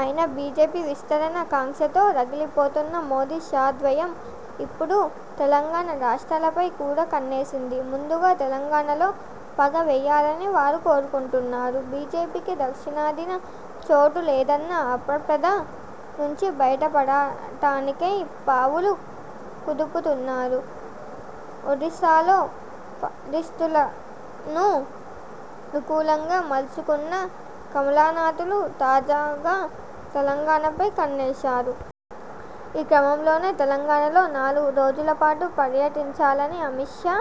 అయినా, బీజేపీ విస్తరణ కాంక్షతో రగిలిపోతున్న మోదీ– షా ద్వయం ఇప్పుడు తెలమ్గన రాష్ర్టాలపై కూడా కన్నేసింది. ముందుగా తెలంగాణలో పాగా వేయాలని వారు కోరుకుంటున్నారు. బీజేపీకి దక్షిణాదిన చోటు లేదన్న అపప్రథ నుంచి బయటపడటానికై పావులు కదుపుతున్నారు. ఒడిసాలో పరిస్థితులను అనుకూలంగా మలచుకున్న కమలనాథులు, తాజాగా తెలంగాణపై కన్నేశారు. ఈ క్రమంలోనే తెలంగాణలో నాలుగు రోజులపాటు పర్యటించాలని అమిత్ షా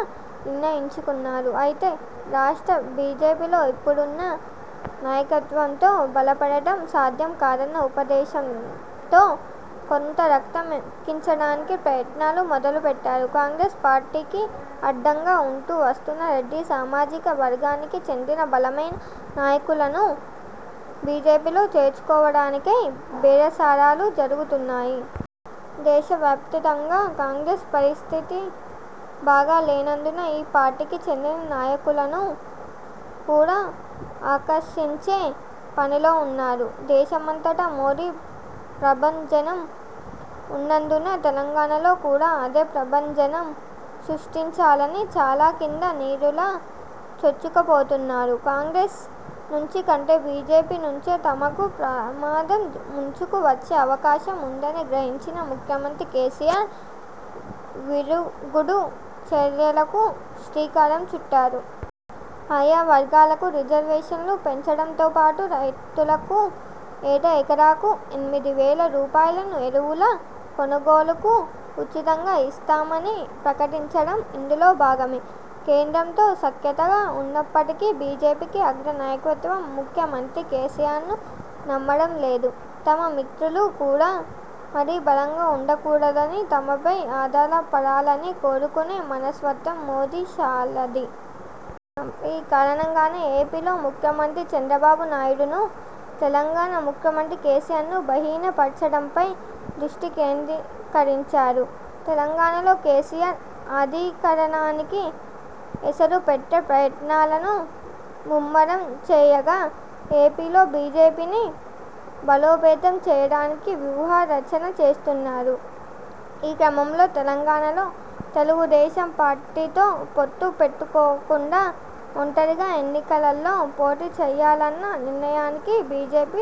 నిర్ణయించుకున్నారు. అయితే, రాష్ట్ర బీజేపీలో ఇప్పుడున్న నాయకత్వంతో బలపడటం సాధ్యం కాదన్న ఉద్దేశంతో కొత్త రక్తం ఎక్కించడానికి ప్రయత్నాలు మొదలుపెట్టారు. కాంగ్రెస్ పార్టీకి అండగా ఉంటూ వస్తున్న రెడ్డి సామాజిక వర్గానికి చెందిన బలమైన నాయకులను బీజేపీలో చేర్చుకోవడానికై బేరసారాలు జరుగుతున్నాయి. దేశవ్యాపితంగా కాంగ్రెస్ పరిస్థితి బాగా లేనందున ఆ పార్టీకి చెందిన నాయకులను కూడా ఆకర్షించే పనిలో ఉన్నారు. దేశమంతటా మోదీ ప్రభంజనం ఉన్నందున తెలంగాణలో కూడా అదే ప్రభంజనం సృష్టించాలని చాపకింద నీరులా చొచ్చుకుపోతున్నారు. కాంగ్రెస్ నుంచి కంటే బీజేపీ నుంచే తమకు ప్రమాదం ముంచుకు వచ్చే అవకాశం ఉందని గ్రహించిన ముఖ్యమంత్రి కేసీఆర్ విరుగుడు చర్యలకు శ్రీకారం చుట్టారు. ఆయా వర్గాలకు రిజర్వేషన్లు పెంచడంతోపాటు రైతులకు ఏటా ఎకరాకు ఎనిమిది వేల రూపాయలను ఎరువుల కొనుగోలుకు ఉచితంగా ఇస్తామని ప్రకటించడం ఇందులో భాగమే! కేంద్రంతో సఖ్యతగా ఉంటున్నప్పటికీ బీజేపీ అగ్ర నాయకత్వం ముఖ్యమంత్రి కేసీఆర్ను నమ్మడం లేదు. తమ మిత్రులు కూడా మరీ బలంగా ఉండకూడదని, తమపై ఆధారపడాలని కోరుకునే మనస్తత్వం మోదీ– షాలది! ఈ కారణంగానే ఏపీలో ముఖ్యమంత్రి చంద్రబాబు నాయుడును, తెలంగాణ ముఖ్యమంత్రి కేసీఆర్ను బలహీనపర్చడంపై దృష్టి కేంద్రీకరించారు. తెలంగాణలో కేసీఆర్ అధికారానికి ఎసరుపెట్టే ప్రయత్నాలను ముమ్మరంచేయగా, ఏపీలో బీజేపీని బలోపేతం చేయడానికి వ్యూహ రచన చేస్తున్నారు. ఈ క్రమంలో, తెలంగాణలో తెలుగుదేశం పార్టీతో పొత్తు పెట్టుకోకుండా ఒంటరిగా ఎన్నికలలో పోటీ చేయాలన్న నిర్ణయానికి బీజేపీ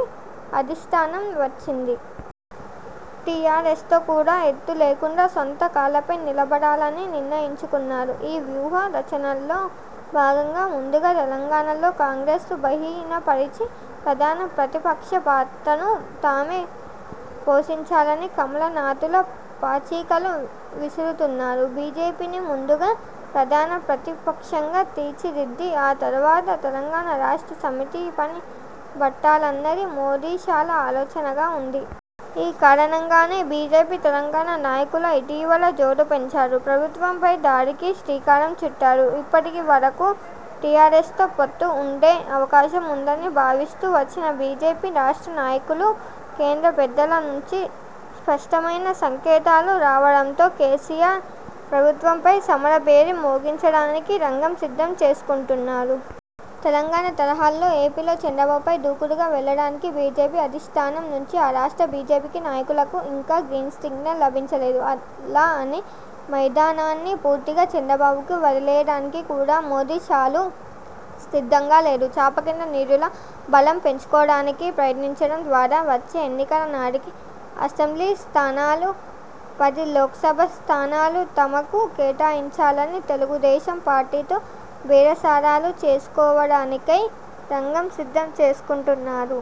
అధిష్ఠానం వచ్చింది. టీఆర్ఎస్తో కూడా ఏత్తు లేకుండా సొంత కాళ్లపై నిలబడాలని నిర్ణయించుకున్నారు. ఈ వ్యూహ రచనలో భాగంగా ముందుగా తెలంగాణలో కాంగ్రెస్ను బలహీనపరచి ప్రధాన ప్రతిపక్ష పాత్రను తామే పోషించాలని కమలనాథులు పాచికలు విసురుతున్నారు. బీజేపీని ముందుగా ప్రధాన ప్రతిపక్షంగా తీర్చిదిద్ది, ఆ తర్వాత తెలంగాణ రాష్ట్ర సమితి పని బట్టాలన్నది మోదీ– షాల ఆలోచనగా ఉంది. ఈ కారణంగానే బీజేపీ తెలంగాణ నాయకులు ఇటీవల జోరు పెంచారు. ప్రభుత్వంపై దాడికి శ్రీకారం చుట్టారు. ఇప్పటి వరకు టీఆర్ఎస్తో పొత్తు ఉండే అవకాశం ఉందని భావిస్తూ వచ్చిన బీజేపీ రాష్ట్ర నాయకులు, కేంద్ర పెద్దల నుంచి స్పష్టమైన సంకేతాలు రావడంతో కేసీఆర్ ప్రభుత్వంపై సమరభేరి మోగించడానికి రంగం సిద్ధం చేసుకుంటున్నారు. తెలంగాణ తరహాలో ఏపీలో చంద్రబాబుపై దూకుడుగా వెళ్లడానికి బీజేపీ అధిష్ఠానం నుంచి ఆ రాష్ట్ర బీజేపీ నాయకులకు ఇంకా గ్రీన్సిగ్నల్ లభించలేదు. అలా అని మైదానాన్ని పూర్తిగా చంద్రబాబుకు వదిలివేయడానికి కూడా మోదీ– షాలు సిద్ధంగా లేరు. చాపకింద నీరులా బలం పెంచుకోవడానికి ప్రయత్నించడం ద్వారా వచ్చే ఎన్నికల నాటికి అసెంబ్లీ స్థానాలు, పది లోక్సభ స్థానాలు తమకు కేటాయించాలని తెలుగుదేశం పార్టీతో బేరసారాలు చేసుకోవడానికై రంగం సిద్ధం చేసుకుంటున్నారు.